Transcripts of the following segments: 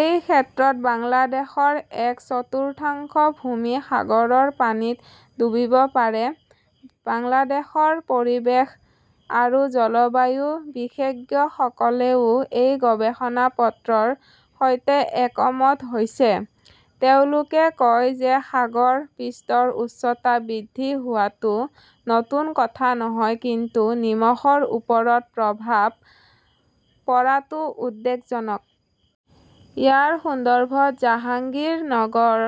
এই ক্ষেত্ৰত বাংলাদেশৰ এক চতুৰ্থাংশ ভূমি সাগৰৰ পানীত ডুবিব পাৰে। বাংলাদেশৰ পৰিৱেশ আৰু জলবায়ু বিশেষজ্ঞসকলেও এই গৱেষণা পত্ৰৰ সৈতে একমত হৈছে। তেওঁলোকে কয় যে সাগৰ পৃষ্ঠৰ উচ্চতা বৃদ্ধি হোৱাটো নতুন কথা নহয় কিন্তু নিমখৰ ওপৰত প্ৰভাৱ পৰাটো উদ্বেগজনক। ইয়াৰ সন্দৰ্ভত জাহাংগীৰনগৰ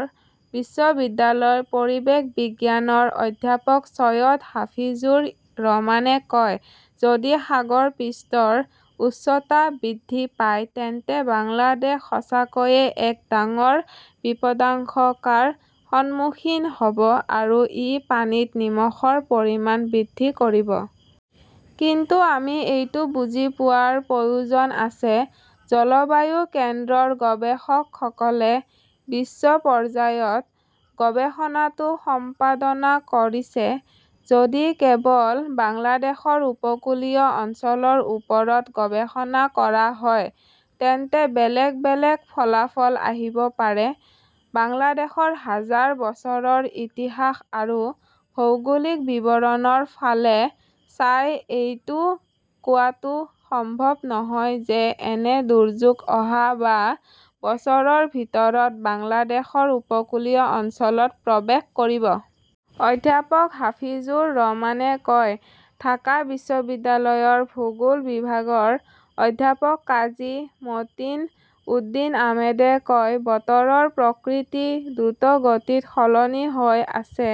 বিশ্ববিদ্যালয়ৰ পৰিৱেশ বিজ্ঞানৰ অধ্যাপক চৈয়দ হাফিজুৰ ৰহমানে কয়, "যদি সাগৰ পৃষ্ঠৰ উচ্চতা বৃদ্ধি পায় তেন্তে বাংলাদেশ সঁচাকৈয়ে এক ডাঙৰ বিপদাশংকাৰ সন্মুখীন হ" ব আৰু ই পানীত নিমখৰ পৰিমাণ বৃদ্ধি কৰিব। কিন্তু আমি এইটো বুজি পোৱাৰ প্ৰয়োজন আছে, জলবায়ু কেন্দ্ৰৰ গৱেষকসকলে বিশ্ব পৰ্যায়ত গৱেষণাটো সম্পাদনা কৰিছে। যদি কেৱল বাংলাদেশৰ উপকূলীয় অঞ্চলৰ ওপৰত গৱেষণা কৰা হয়, তেন্তে বেলেগ বেলেগ ফলাফল আহিব পাৰে। "বাংলাদেশৰ হাজাৰ বছৰৰ ইতিহাস আৰু ভৌগোলিক বিৱৰণৰ ফালে চাই, এইটো কোৱাটো সম্ভৱ নহয় যে এনে দুৰ্যোগ অহা বা বছৰৰ ভিতৰত বাংলাদেশৰ উপকূলীয় অঞ্চলত প্ৰৱেশ কৰিব।" অধ্যাপক হাফিজুৰ ৰহমানে কয়। ঢাকা বিশ্ববিদ্যালয়ৰ ভূগোল বিভাগৰ অধ্যাপক কাজী মতিন উদ্দীন আহমেদে কয়, বতৰৰ প্ৰকৃতি দ্ৰুতগতিত সলনি হৈ আছে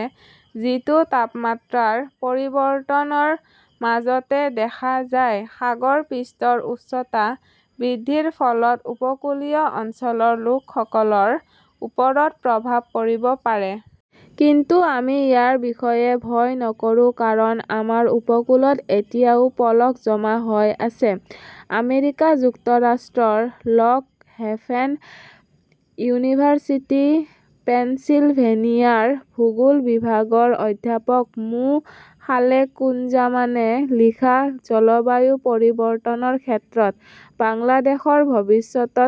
যিটো তাপমাত্ৰাৰ পৰিৱৰ্তনৰ মাজতে দেখা যায়। সাগৰ পৃষ্ঠৰ উচ্চতা বৃদ্ধিৰ ফলত উপকূলীয় অঞ্চলৰ লোকসকলৰ ওপৰত প্ৰভাৱ পৰিব পাৰে। কিন্তু আমি ইয়াৰ বিষয়ে ভয় নকৰো কাৰণ আমাৰ উপকূলত এতিয়াও পলস জমা হৈ আছে। "আমেৰিকা যুক্তৰাষ্ট্ৰৰ" লক হেভেন ইউনিভাৰ্চিটি পেনচিলভেনিয়া "ৰ ভূগোল বিভাগৰ অধ্যাপক মো. খালেকুজ্জমানে লিখা "জলবায়ু পৰিৱৰ্তনৰ ক্ষেত্ৰত বাংলাদেশৰ ভৱিষ্যত"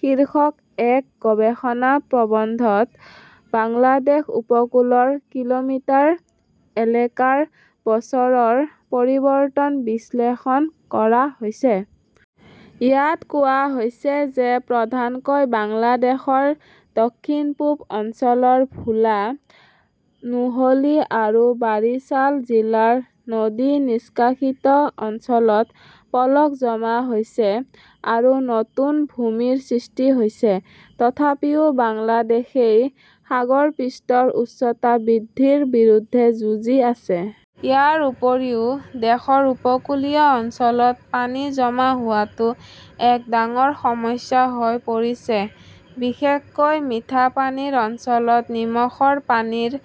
শীৰ্ষক এখন গৱেষণা প্ৰবন্ধত বাংলাদেশ উপকূলৰ কিলোমিটাৰ এলেকাৰ বছৰৰ পৰিৱৰ্তন বিশ্লেষণ কৰা হৈছে। ইয়াত কোৱা হৈছে যে প্ৰধানকৈ বাংলাদেশৰ দক্ষিণ-পূব অঞ্চলৰ ভোলা, নোহলী আৰু বাৰিছাল জিলাৰ নদী নিষ্কাশিত অঞ্চলত পলস জমা হৈছে আৰু নতুন ভূমিৰ সৃষ্টি হৈছে। তথাপিও বাংলাদেশই সাগৰ পৃষ্ঠৰ উচ্চতা বৃদ্ধিৰ বিৰুদ্ধে যুঁজি আছে। ইয়াৰ উপৰিও, দেশৰ উপকূলীয় অঞ্চলত পানী জমা হোৱাটো এক ডাঙৰ সমস্যা হৈ পৰিছে। বিশেষকৈ মিঠা পানীৰ অঞ্চলত নিমখৰ পানীৰ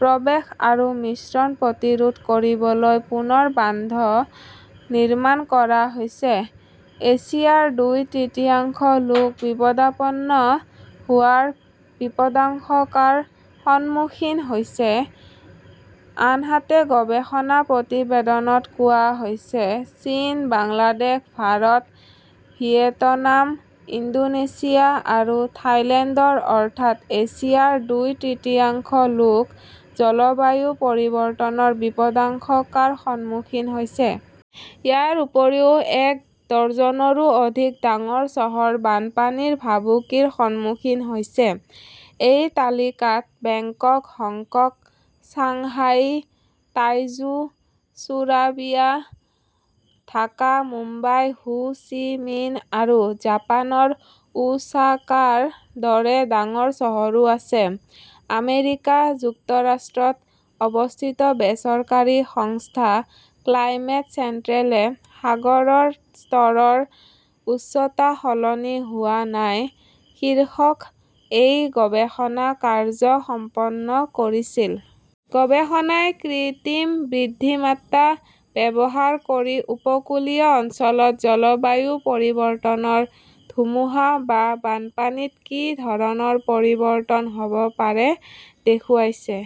প্ৰৱেশ আৰু মিশ্ৰণ প্ৰতিৰোধ কৰিবলৈ পুনৰ বান্ধ নিৰ্মাণ কৰা হৈছে। এছিয়াৰ দুই তৃতীয়াংশ লোক বিপদাপন্ন হোৱাৰ বিপদাশংকাৰ সন্মুখীন হৈছে, আনহাতে গৱেষণা প্ৰতিবেদনত কোৱা হৈছে-চীন, বাংলাদেশ, ভাৰত, ভিয়েটনাম, ইণ্ডোনেছিয়া আৰু থাইলেণ্ডৰ অৰ্থাৎ এছিয়াৰ দুই তৃতীয়াংশ লোক জলবায়ু পৰিৱৰ্তনৰ বিপদাশংকাৰ সন্মুখীন হৈছে। ইয়াৰ উপৰিও এক ডজনৰো অধিক ডাঙৰ চহৰ বানপানীৰ ভাবুকিৰ সন্মুখীন হৈছে। এই তালিকাত Bangkok, Hong Kong, Shanghai, Taizhou, Surabaya, Dhaka, Mumbai, Ho Chi মিন আৰু জাপানৰ ওছাকাৰ দৰে ডাঙৰ চহৰো আছে। আমেৰিকা যুক্তৰাষ্ট্ৰত অৱস্থিত বেচৰকাৰী সংস্থা ক্লাইমেট চেণ্ট্ৰেলে "সাগৰৰ স্তৰৰ উচ্চতা সলনি হোৱা নাই" শীৰ্ষক এই গৱেষণা কাৰ্য্য সম্পন্ন কৰিছিল। গৱেষণাই কৃত্ৰিম বুদ্ধিমত্তা ব্যৱহাৰ কৰি উপকূলীয় অঞ্চলত জলবায়ু পৰিৱৰ্তনৰ ধুমুহা বা বানপানীত কি ধৰণৰ পৰিৱৰ্তন হ'ব পাৰে দেখুৱাইছে।